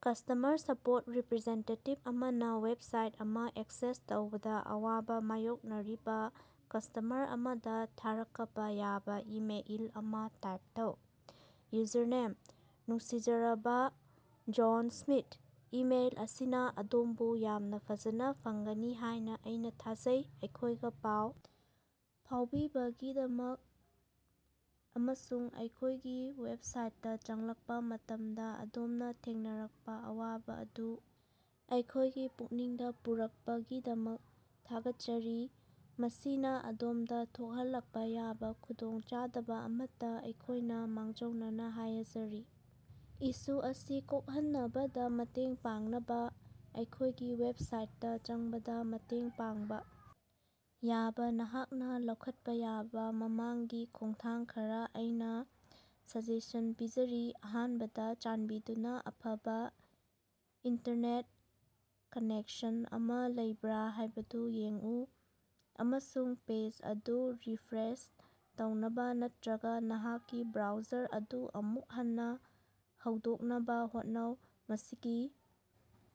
Customer support representative ꯑꯃꯅ website ꯑꯃ access ꯇꯧꯕꯗ ꯑꯋꯥꯕ ꯃꯥꯌꯣꯛꯅꯔꯤꯕ ꯀꯁ꯭ꯇꯃꯔ ꯑꯃꯗ ꯊꯥꯔꯀꯄ ꯌꯥꯕ ꯏꯃꯦꯏꯜ ꯑꯃ ꯇꯥꯏꯞ ꯇꯧ꯫ ꯌꯨꯖꯔꯅꯦꯝ: ꯅꯨꯡꯁꯤꯖꯔꯕ ꯖꯣꯟ ꯁ꯭ꯃꯤꯊ, ꯏꯃꯦꯜ ꯑꯁꯤꯅ ꯑꯗꯣꯝꯕꯨ ꯌꯥꯝꯅ ꯐꯖꯅ ꯐꯪꯒꯅꯤ ꯍꯥꯏꯅ ꯑꯩꯅ ꯊꯥꯖꯩ꯫ ꯑꯩꯈꯣꯏꯒ ꯄꯥꯎ ꯐꯥꯎꯅꯕꯤꯕꯒꯤꯗꯃꯛ ꯑꯃꯁꯨꯡ ꯑꯩꯈꯣꯏꯒꯤ ꯋꯦꯕꯁꯥꯏꯠꯇ ꯆꯪꯂꯛꯄ ꯃꯇꯝꯗ ꯑꯗꯣꯝꯅ ꯊꯦꯡꯅꯔꯛꯄ ꯑꯋꯥꯕ ꯑꯗꯨ ꯑꯩꯈꯣꯏꯒꯤ ꯄꯨꯛꯅꯤꯡꯗ ꯄꯨꯔꯛꯄꯒꯤꯗꯃꯛ ꯊꯥꯒꯠꯆꯔꯤ꯫ ꯃꯁꯤꯅ ꯑꯗꯣꯝꯗ ꯊꯣꯛꯍꯜꯂꯛꯄ ꯌꯥꯕ ꯈꯨꯗꯣꯡꯆꯥꯗꯕ ꯑꯃꯠꯇ ꯑꯩꯈꯣꯏꯅ ꯃꯥꯡꯖꯧꯅꯅꯥ ꯍꯥꯌꯖꯔꯤ꯫ ꯏꯁꯨ ꯑꯁꯤ ꯀꯣꯛꯍꯟꯅꯕꯗ ꯃꯇꯦꯡ ꯄꯥꯡꯅꯕ, ꯑꯩꯈꯣꯏꯒꯤ ꯋꯦꯕꯁꯥꯏꯠꯇꯥ ꯆꯪꯕꯗ ꯃꯇꯦꯡ ꯄꯥꯡꯕ ꯌꯥꯕ ꯅꯍꯥꯛꯅ ꯂꯧꯈꯠꯄ ꯌꯥꯕ ꯃꯃꯥꯡꯒꯤ ꯈꯣꯡꯊꯥꯡ ꯈꯔꯥ ꯑꯩꯅ ꯁꯖꯦꯁꯟ ꯄꯤꯖꯔꯤ꯫ ꯑꯍꯥꯟꯕꯗ, ꯆꯥꯟꯕꯤꯗꯨꯅ ꯑꯐꯕ ꯏꯟꯇꯔꯅꯦꯠ ꯀꯅꯦꯛꯁꯟ ꯑꯃ ꯂꯩꯕ꯭ꯔꯥ ꯍꯥꯏꯕꯗꯨ ꯌꯦꯡꯎ, ꯑꯃꯁꯨꯡ ꯄꯦꯖ ꯑꯗꯨ ꯔꯤꯐ꯭ꯔꯦꯁ ꯇꯧꯅꯕ ꯅꯠꯇ꯭ꯔꯒ ꯅꯍꯥꯛꯀꯤ ꯕ꯭ꯔꯥꯎꯖꯔ ꯑꯗꯨ ꯑꯃꯨꯛ ꯍꯟꯅ ꯍꯧꯗꯣꯛꯅꯕ ꯍꯣꯠꯅꯧ꯫ ꯃꯁꯤꯒꯤ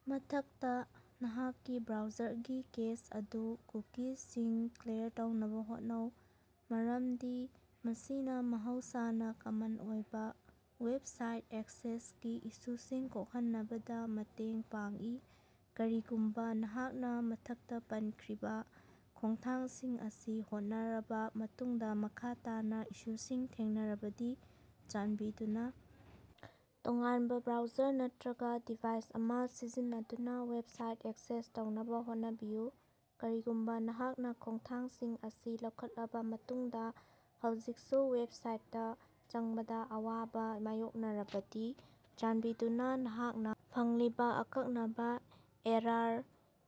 ꯃꯊꯛꯇ, ꯅꯍꯥꯛꯀꯤ ꯕ꯭ꯔꯥꯎꯖꯔꯒꯤ ꯀꯦꯁ ꯑꯃꯁꯨꯡ ꯀꯨꯀꯤꯖꯁꯤꯡ ꯀ꯭ꯂꯤꯌꯔ ꯇꯧꯅꯕ ꯍꯣꯠꯅꯧ, ꯃꯔꯝꯗꯤ ꯃꯁꯤꯅ ꯃꯍꯧꯁꯥꯅ ꯀꯃꯟ ꯑꯣꯏꯕ ꯋꯦꯕꯁꯥꯏꯠ ꯑꯦꯛꯁꯦꯁꯀꯤ ꯏꯁꯨꯁꯤꯡ ꯀꯣꯛꯍꯟꯅꯕꯗ ꯃꯇꯦꯡ ꯄꯥꯡꯏ ꯀꯔꯤꯒꯨꯝꯕ ꯅꯍꯥꯛꯅ ꯃꯊꯛꯇꯥ ꯄꯟꯈ꯭ꯔꯤꯕ ꯈꯣꯡꯊꯥꯡꯁꯤꯡ ꯑꯁꯤ ꯍꯣꯠꯅꯔꯕ ꯃꯇꯨꯡꯗ ꯃꯈꯥ ꯇꯥꯅ ꯏꯁꯨꯁꯤꯡ ꯊꯦꯡꯅꯔꯕꯗꯤ, ꯆꯥꯟꯕꯤꯗꯨꯅ ꯇꯣꯉꯥꯟꯕ ꯕ꯭ꯔꯥꯎꯖꯔ ꯅꯠꯇ꯭ꯔꯒꯥ ꯗꯤꯚꯥꯏꯁ ꯑꯃ ꯁꯤꯖꯤꯟꯅꯗꯨꯅ ꯋꯦꯕꯁꯥꯏꯠ ꯑꯦꯛꯁꯦꯁ ꯇꯧꯅꯕ ꯍꯣꯠꯅꯕꯤꯌꯨ꯫ ꯀꯔꯤꯒꯨꯝꯕ ꯅꯍꯥꯛꯅ ꯈꯣꯡꯊꯥꯡꯁꯤꯡ ꯑꯁꯤ ꯂꯧꯈꯠꯂꯕ ꯃꯇꯨꯡꯗ ꯍꯧꯖꯤꯛꯁꯨ ꯋꯦꯕꯁꯥꯏꯠꯇ ꯆꯪꯕꯗ ꯑꯋꯥꯕ ꯃꯥꯌꯣꯛꯅꯔꯕꯗꯤ, ꯆꯥꯟꯕꯤꯗꯨꯅ ꯅꯍꯥꯛꯅ ꯐꯪꯂꯤꯕ ꯑꯀꯛꯅꯕ ꯑꯦꯔꯥꯔ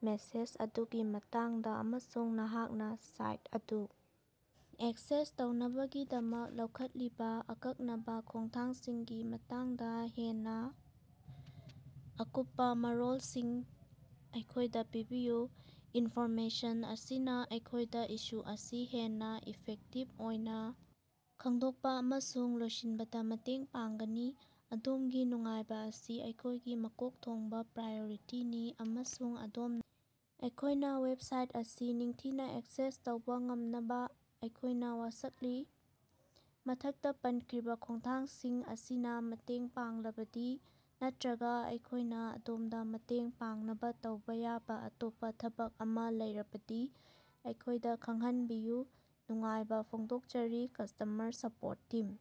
ꯃꯦꯁꯦꯖ ꯑꯗꯨꯒꯤ ꯃꯇꯥꯡꯗ ꯑꯃꯁꯨꯡ ꯅꯍꯥꯛꯅ ꯁꯥꯏꯠ ꯑꯗꯨ ꯑꯦꯛꯁꯦꯁ ꯇꯧꯅꯕꯒꯤꯗꯃꯛ ꯂꯧꯈꯠꯂꯤꯕ ꯑꯀꯛꯅꯕ ꯈꯣꯡꯊꯥꯡꯁꯤꯡꯒꯤ ꯃꯇꯥꯡꯗ ꯍꯦꯟꯅꯥ ꯑꯀꯨꯞꯄꯥ ꯃꯔꯣꯜꯁꯤꯡ ꯑꯩꯈꯣꯏꯗ ꯄꯤꯕꯤꯌꯨ꯫ ꯏꯟꯐꯣꯔꯃꯦꯁꯟ ꯑꯁꯤꯅ ꯑꯩꯈꯣꯏꯗ ꯏꯁꯨ ꯑꯁꯤ ꯍꯦꯟꯅ ꯏꯐꯦꯛꯇꯤꯚ ꯑꯣꯏꯅ ꯈꯪꯗꯣꯛꯄ ꯑꯃꯁꯨꯡ ꯂꯣꯏꯁꯤꯟꯕꯗ ꯃꯇꯦꯡ ꯄꯥꯡꯒꯅꯤ꯫ ꯑꯗꯣꯝꯒꯤ ꯅꯨꯡꯉꯥꯏꯕ ꯑꯁꯤ ꯑꯩꯈꯣꯏꯒꯤ ꯃꯀꯣꯛ ꯊꯣꯡꯕ ꯄ꯭ꯔꯥꯌꯣꯔꯤꯇꯤꯅꯤ, ꯑꯃꯁꯨꯡ ꯑꯗꯣꯝꯅ ꯑꯩꯈꯣꯏꯒꯤ ꯋꯦꯕꯁꯥꯏꯠ ꯑꯁꯤ ꯅꯤꯡꯊꯤꯅ ꯑꯦꯛꯁꯦꯁ ꯇꯧꯕ ꯉꯝꯅꯕ ꯑꯩꯈꯣꯏꯅ ꯋꯥꯁꯛꯂꯤ꯫ ꯃꯊꯛꯇꯥ ꯄꯟꯈ꯭ꯔꯤꯕ ꯈꯣꯡꯊꯥꯡꯁꯤꯡ ꯑꯁꯤꯅꯥ ꯃꯇꯦꯡ ꯄꯥꯡꯂꯕꯗꯤ ꯅꯠꯇ꯭ꯔꯒ ꯑꯩꯈꯣꯏꯅ ꯑꯗꯣꯝꯗ ꯃꯇꯦꯡ ꯄꯥꯡꯅꯕ ꯇꯧꯕ ꯌꯥꯕ ꯑꯇꯣꯞꯄ ꯊꯕꯛ ꯑꯃ ꯂꯩꯔꯕꯗꯤ ꯑꯩꯈꯣꯏꯗ ꯈꯪꯍꯟꯕꯤꯌꯨ꯫ ꯅꯨꯡꯉꯥꯏꯕ ꯐꯣꯡꯗꯣꯛꯆꯔꯤ, ꯀꯁ꯭ꯇꯃꯔ ꯁꯄꯣꯔꯠ ꯇꯤꯝ꯫